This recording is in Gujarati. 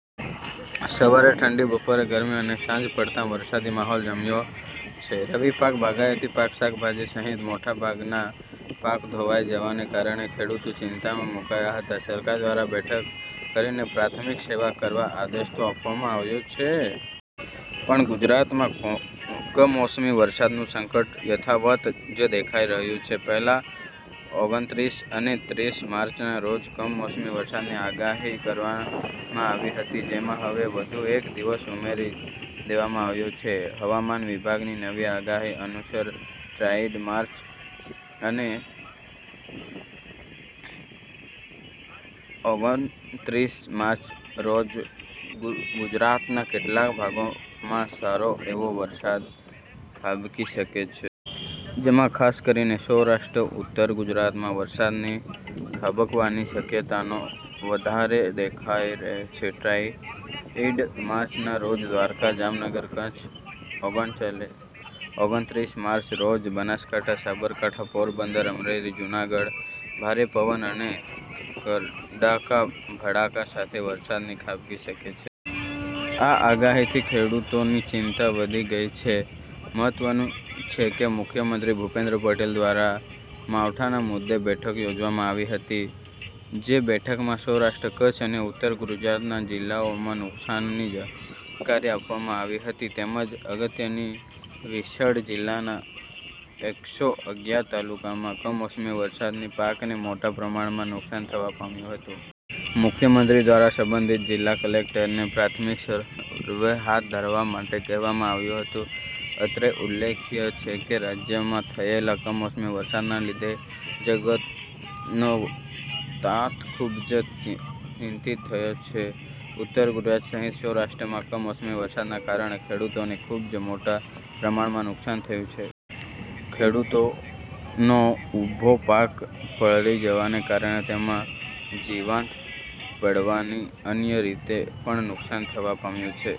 સવારે ઠંડી બપોરે ગરમી અને સાંજ પડતાં વરસાદી માહોલ જામ્યો છે. રવિ પાક, બાગાયતી પાક, શાકભાજી સહિત મોટાભાગના પાક ધોવાય જવાને કારણે ખેડૂતો ચિંતામાં મુકાયા હતા. સરકાર દ્વારા બેઠક કરીને પ્રાથમિક સર્વે કરવા આદેશ તો આપવામાં આવ્યો છે. પણ ગુજરાતમાં કમોસમી વરસાદનું સંકટ યથાવત જ દેખાઈ રહ્યું છે. પહેલા ઓગણત્રીસ અને ત્રીસ માર્ચના રોજ કમોસમી વરસાદની આગાહી કરવામાં અવી હતી જેમાં હવે વધુ એક દિવસ ઉમેરી દેવામાં આવ્યો છે. હવામાન વિભાગની નવી આગાહી અનુસાર, ટ્રાઈડ માર્ચ અને ઓગણત્રીસ માર્ચના રોજ ગુજરાતના કેટલાક ભાગોમાં સારો એવો વરસાદ ખાબકી શકે છે. જેમાં ખાસ કરીને સૌરાષ્ટ્ર અને ઉતર ગુજરાતમાં વરસાદની ખાબકવાની શક્યતાઓ વધારે દેખાઈ રહી છે. ટ્રાઈડ માર્ચના રોજ દ્વારકા, જામનગર અને કચ્છમાં, ઓગણત્રીસ માર્ચના રોજ બનાસકાંઠા, સાબરકાંઠા, પોરબંદર, અમરેલી, જૂનાગઢમાં ભારે પવન અને કડાકા ભડાકા સાથે વરસાદ ખાબકી શકે છે. આ આગાહીથી ખેડૂતોની ચિંતા વધી ગઈ છે. મહત્વનું છે કે મુખ્યમંત્રી ભૂપેન્દ્ર પટેલ દ્વારા માવઠાના મુદ્દે બેઠક યોજવામાં આવી હતી. જે બેઠકમાં સૌરાષ્ટ્ર-કચ્છ અને ઉત્તર ગુજરાતના જિલ્લાઓમાં નુકસાનની જાણકારી આપવામાં આવી હતી. તેમજ સત્યાવીસઽ જિલ્લાના એકસો અગ્યાર તાલુકામાં કમોસમી વરસાદથી પાકને મોટા પ્રમાણમાં નુકસાન થવા પામ્યું હતું. મુખ્યમંત્રી દ્વારા સંબંધિત જિલ્લા કલેક્ટરને પ્રાથમિક સરવે હાથ ધરવા માટે કહેવામાં આવ્યું હતું. અત્રે ઉલ્લેખનીય છે કે, રાજ્યમાં થયેલા કમોસમી વરસાદના લીધે જગતનો તાત ખુબ જ ચિંતિતિ થયો છે. ઉત્તર ગુજરાત સહિત સૌરાષ્ટ્રમાં કમોસમી વરસાદના કારણે ખેડૂતોને ખુબ જ મોટા પ્રમાણમાં નુકસાન થયું છે. ખેડૂતનો ઉભો પાક પલળી જવાને કારણે તેમાં જીવાત પડવાથી અન્ય રીતે પણ નુકસાન થવા પામ્યું છે.